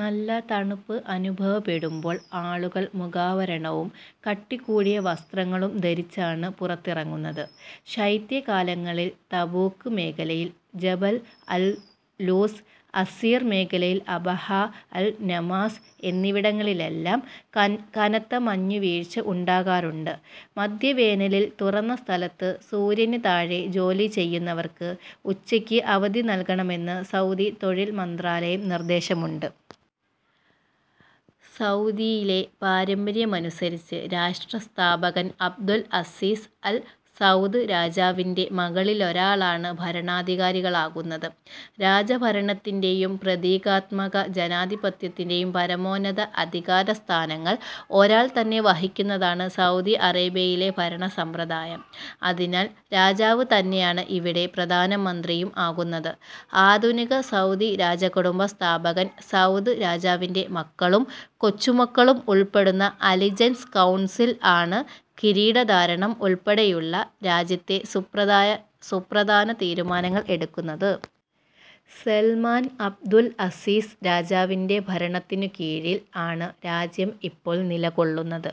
നല്ല തണുപ്പ് അനുഭവപ്പെടുമ്പോൾ ആളുകൾ മുഖാവരണവും കട്ടി കൂടിയ വസ്ത്രങ്ങളും ധരിച്ചാണ് പുറത്തിറങ്ങുന്നത്. ശൈത്യ കാലങ്ങളിൽ തബൂക്ക് മേഖലയിൽ ജബൽ അൽലൂസ്, അസീർ മേഖലയിൽ അബഹ, അൽ നമാസ് എന്നിവിടങ്ങളിലെല്ലാം കനത്ത മഞ്ഞുവീഴ്ച ഉണ്ടാകാറുണ്ട്. മധ്യവേനലിൽ തുറന്ന സ്ഥലത്ത് സൂര്യന് താഴെ ജോലി ചെയ്യുന്നവർക്ക് ഉച്ചക്ക് അവധി നൽകണമെന്ന് സൗദി തൊഴിൽ മന്ത്രാലം നിർദ്ദേശമുണ്ട്. സൗദിയിലെ പാരമ്പര്യമനുസരിച്ച്, രാഷ്ട്ര സ്ഥാപകൻ അബ്ദുൽ അസീസ് അൽ സൗദ് രാജാവിന്റെ മക്കളിലൊരാളാണ് ഭരണാധികാരികളാകുന്നത്. രാജഭരണത്തിന്റേയും പ്രതീകാത്മക ജനാധിപത്യത്തിന്റേയും പരമോന്നത അധികാരസ്ഥാനങ്ങൾ ഒരാൾ തന്നെ വഹിക്കുന്നതാണ് സൗദി അറേബ്യയിലെ ഭരണസമ്പ്രദായം. അതിനാൽ രാജാവ് തന്നെയാണ് ഇവിടെ പ്രധാനമന്ത്രിയും ആകുന്നത്. ആധുനിക സൗദി രാജകുടുംബ സ്ഥാപകൻ സൗദ് രാജാവിന്റെ മക്കളും കൊച്ചുമക്കളും ഉൾപ്പെടുന്ന അലിജൻസ് കൗൺസിൽ ആണ് കിരീടധാരണം ഉൾപ്പെടെയുള്ള രാജ്യത്തെ സുപ്രധാന തീരുമാനങ്ങൾ എടുക്കുന്നത്. സല്മാൻ അബ്ദുൾ അസീസ് രാജാവിന്റെ ഭരണത്തിനു കീഴിൽ ആണ് രാജ്യം ഇപ്പോൾ നില കൊള്ളുന്നത്.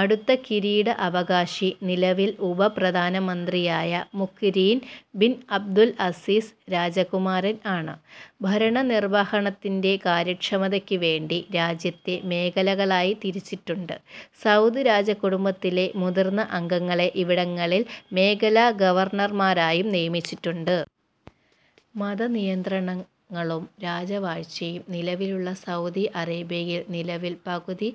അടുത്ത കിരീട അവകാശി നിലവിൽ ഉപപ്രധാനമന്ത്രിയായ മുഖ്-രിൻ ബിൻ അബ്ദുൽ അസീസ് രാജകുമാരൻ ആണ്. ഭരണനിർവഹണത്തിന്റെ കാര്യക്ഷമതക്ക് വേണ്ടി രാജ്യത്തെ മേഖലകളായി തിരിച്ചിട്ടുണ്ട്. സൗദ് രാജകുടുംബത്തിലെ മുതിർന്ന അംഗങ്ങളെ ഇവിടങ്ങളിൽ മേഖലാ ഗവർണർമാരായും നിയമിച്ചിട്ടുണ്ട്. മതനിയന്ത്രണങ്ങളും രാജവാഴ്ചയും നിലവിലുള്ള സൗദി അറേബ്യയിൽ നിലവിൽ പകുതി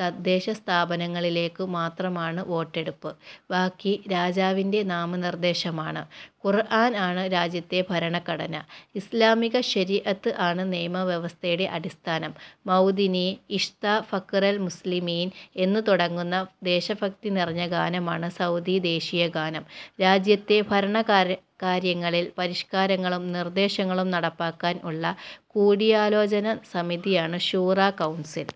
തദ്ദേശസ്ഥാപനങ്ങളിലേക്കു മാത്രമാണ് വോട്ടെടുപ്പ്. ബാക്കി രാജാവിന്റെ നാമനിർദ്ദേശമാണ്. ഖുർആനാണ് രാജ്യത്തെ ഭരണഘടന. ഇസ്ലാമിക ശരിഅത്ത് ആണ് നിയമവ്യവസ്ഥയുടെ അടിസ്ഥാനം. മൗതിനീ, ഇശ്ത ഫഖ്റൽ മുസ്ലിമീൻ എന്ന് തുടങ്ങുന്ന ദേശഭക്തി നിറഞ്ഞ ഗാനമാണ് സൗദി ദേശീയഗാനം. രാജ്യത്തെ ഭരണ കാര്യങ്ങളിൽ പരിഷ്കാരങ്ങളും നിർദ്ദേശങ്ങളും നടപ്പാക്കാൻ ഉള്ള കൂടിയാലോചനാ സമിതിയാണ് ശൂറ കൗൺസിൽ.